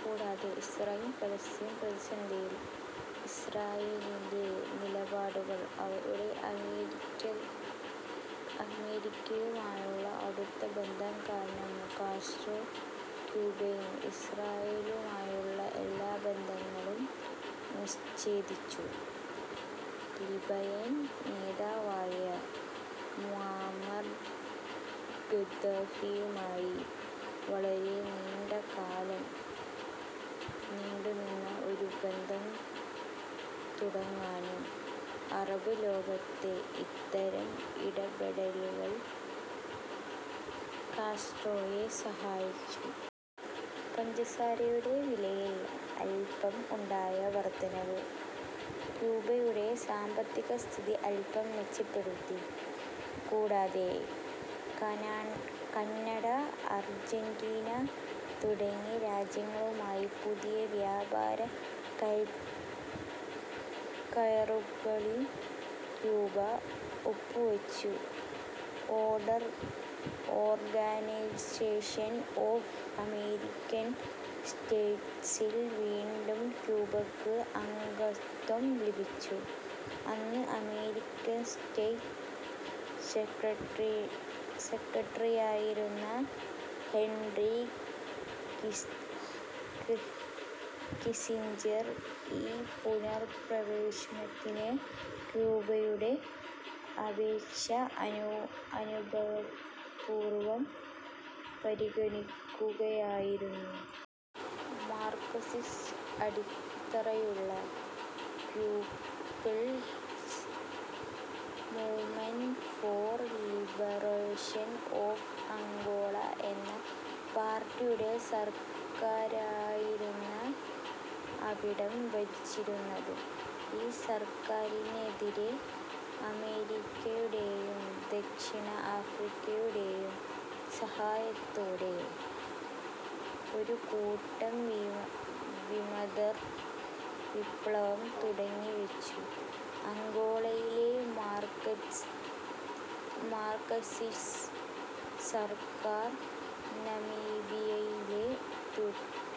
കൂടാതെ ഇസ്രായേൽ-പാലസ്തീൻ പ്രതിസന്ധിയിൽ ഇസ്രായേലിന്റെ നിലപാടുകളും അവരുടെ അമേരിക്കയുമായുള്ള അടുത്ത ബന്ധവും കാരണം കാസ്ട്രോ ക്യൂബയും ഇസ്രായേലുമായുള്ള എല്ലാ ബന്ധങ്ങളും വിച്ഛേദിച്ചു. ലിബിയൻ നേതാവായ മുവമ്മർ ഗദ്ദാഫിയുമായി വളരെ നീണ്ട കാലം നീണ്ടുനിന്ന ഒരു ബന്ധം തുടങ്ങാനും അറബ് ലോകത്തെ ഇത്തരം ഇടപെടലുകൾ കാസ്ട്രോയെ സഹായിച്ചു. പഞ്ചസാരയുടെ വിലയിൽ അക്കൊല്ലം ഉണ്ടായ വർദ്ധനവ് ക്യൂബയുടെ സാമ്പത്തിക സ്ഥിതി അൽപം മെച്ചപ്പെടുത്തി. കൂടാതെ, കാനഡ, അർജന്റീന തുടങ്ങിയ രാജ്യങ്ങളുമായി പുതിയ വ്യാപാര കരാറുകളിൽ ക്യൂബ ഒപ്പുവെച്ചു. ഓർഗനൈസേഷൻ ഓഫ് അമേരിക്കൻ സ്റ്റേറ്റ്സിൽ വീണ്ടും ക്യൂബക്ക് അംഗത്വം ലഭിച്ചു. അന്ന് അമേരിക്കൻ സ്റ്റേറ്റ് സെക്രട്ടറിയായിരുന്ന ഹെൻറി കിസ്സിഞ്ചർ ഈ പുനർപ്രവേശനത്തിന് ക്യൂബയുടെ അപേക്ഷ അനുഭാവപൂർവ്വം പരിഗണിക്കുകയായിരുന്നു. മാർക്സിസ്റ്റ് അടിത്തറയുള്ള pupils movement for liberation of Angola എന്ന പാർട്ടിയുടെ സർക്കാരായിരുന്ന അവിടം ഭരിച്ചിരുന്നത്. ഈ സർക്കാരിനെതിരേ അമേരിക്കയുടെയും, ദക്ഷിണ ആഫ്രിക്കയുടേയും സഹായത്തോടെ ഒരുകൂട്ടം വിമതർ വിപ്ലവം തുടങ്ങിവെച്ചു. അംഗോളയിലെ മാർക്സിസ്റ്റ് സർക്കാർ നമീബിയയിലെ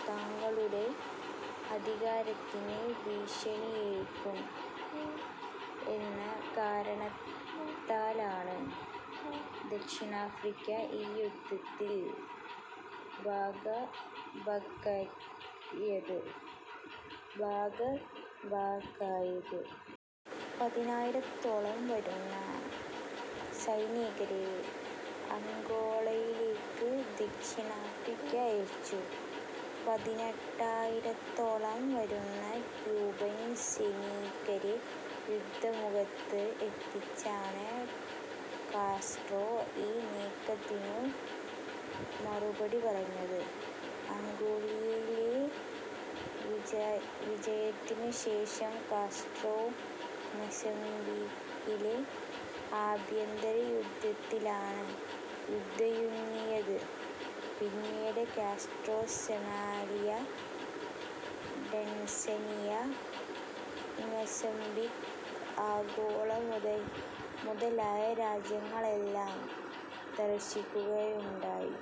തങ്ങളുടെ അധികാരത്തിന് ഭീഷണിയായേക്കും എന്ന കാരണത്താലാണ് ദക്ഷിണാഫ്രിക്ക ഈ യുദ്ധത്തിൽ ഭാഗഭാക്കായത്. പതിനായിരത്തോളം വരുന്ന സൈനികരെ അംഗോളയിലേക്ക് ദക്ഷിണാഫ്രിക്ക അയച്ചു. പതിനെട്ടായിരത്തോളം വരുന്ന ക്യൂബൻ സൈനികരെ യുദ്ധമുഖത്ത് എത്തിച്ചാണ് കാസ്ട്രോ ഈ നീക്കത്തിനു മറുപടി പറഞ്ഞത്. അംഗോളയിലെ വിജയത്തിനുശേഷം കാസ്ട്രോ മൊസാംബിക്കിലെ ആഭ്യന്തര യുദ്ധത്തിലാണ് ശ്രദ്ധയൂന്നിയത്. പിന്നീട് Castro Somalia, Tanzania, Mozambique Angola മുതലായ രാജ്യങ്ങളെല്ലാം സന്ദർശിക്കുകയുണ്ടായി.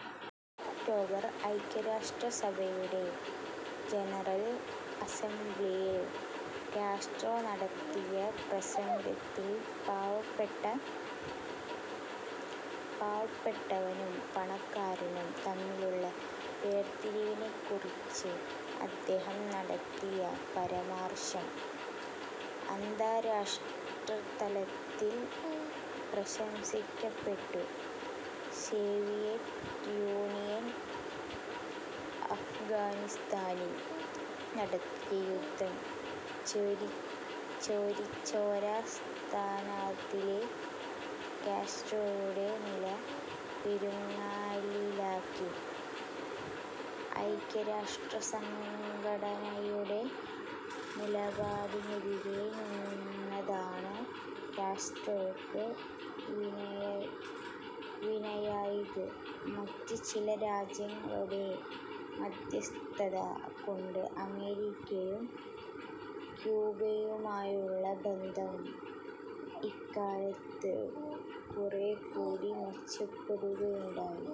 ഒക്ടോബറിൽ ഐക്യരാഷ്ട്രസഭയുടെ ജനറൽ അസ്സംബ്ലിയിൽ കാസ്ട്രോ നടത്തിയ പ്രസംഗത്തിൽ പാവപ്പെട്ടവനും പണക്കാരനും തമ്മിലുള്ള വേർതിരിവിനെക്കുറിച്ച് അദ്ദേഹം നടത്തിയ പരാമർശം അന്താരാഷ്ട്രതലത്തിൽ പ്രശംസിക്കപ്പെട്ടു. സോവിയറ്റ് യൂണിയൻ അഫ്ഗാനിസ്ഥാനിൽ നടത്തിയ യുദ്ധം ചേരിചേരാ പ്രസ്ഥാനത്തിലെ കാസ്ട്രോയുടെ നില പരുങ്ങലിലാക്കി. ഐക്യരാഷ്ട്രസംഘടനയുടെ നിലപാടിനെതിരേ നിന്നതാണ് കാസ്ട്രോയ്ക്ക് വിനയായത്. മറ്റ് ചില രാജ്യങ്ങളുടെ മദ്ധ്യസ്ഥത കൊണ്ട് അമേരിക്കയും ക്യൂബയുമായുള്ള ബന്ധം ഇക്കാലത്ത് കുറേക്കുടി മെച്ചപ്പെടുകയുണ്ടായി.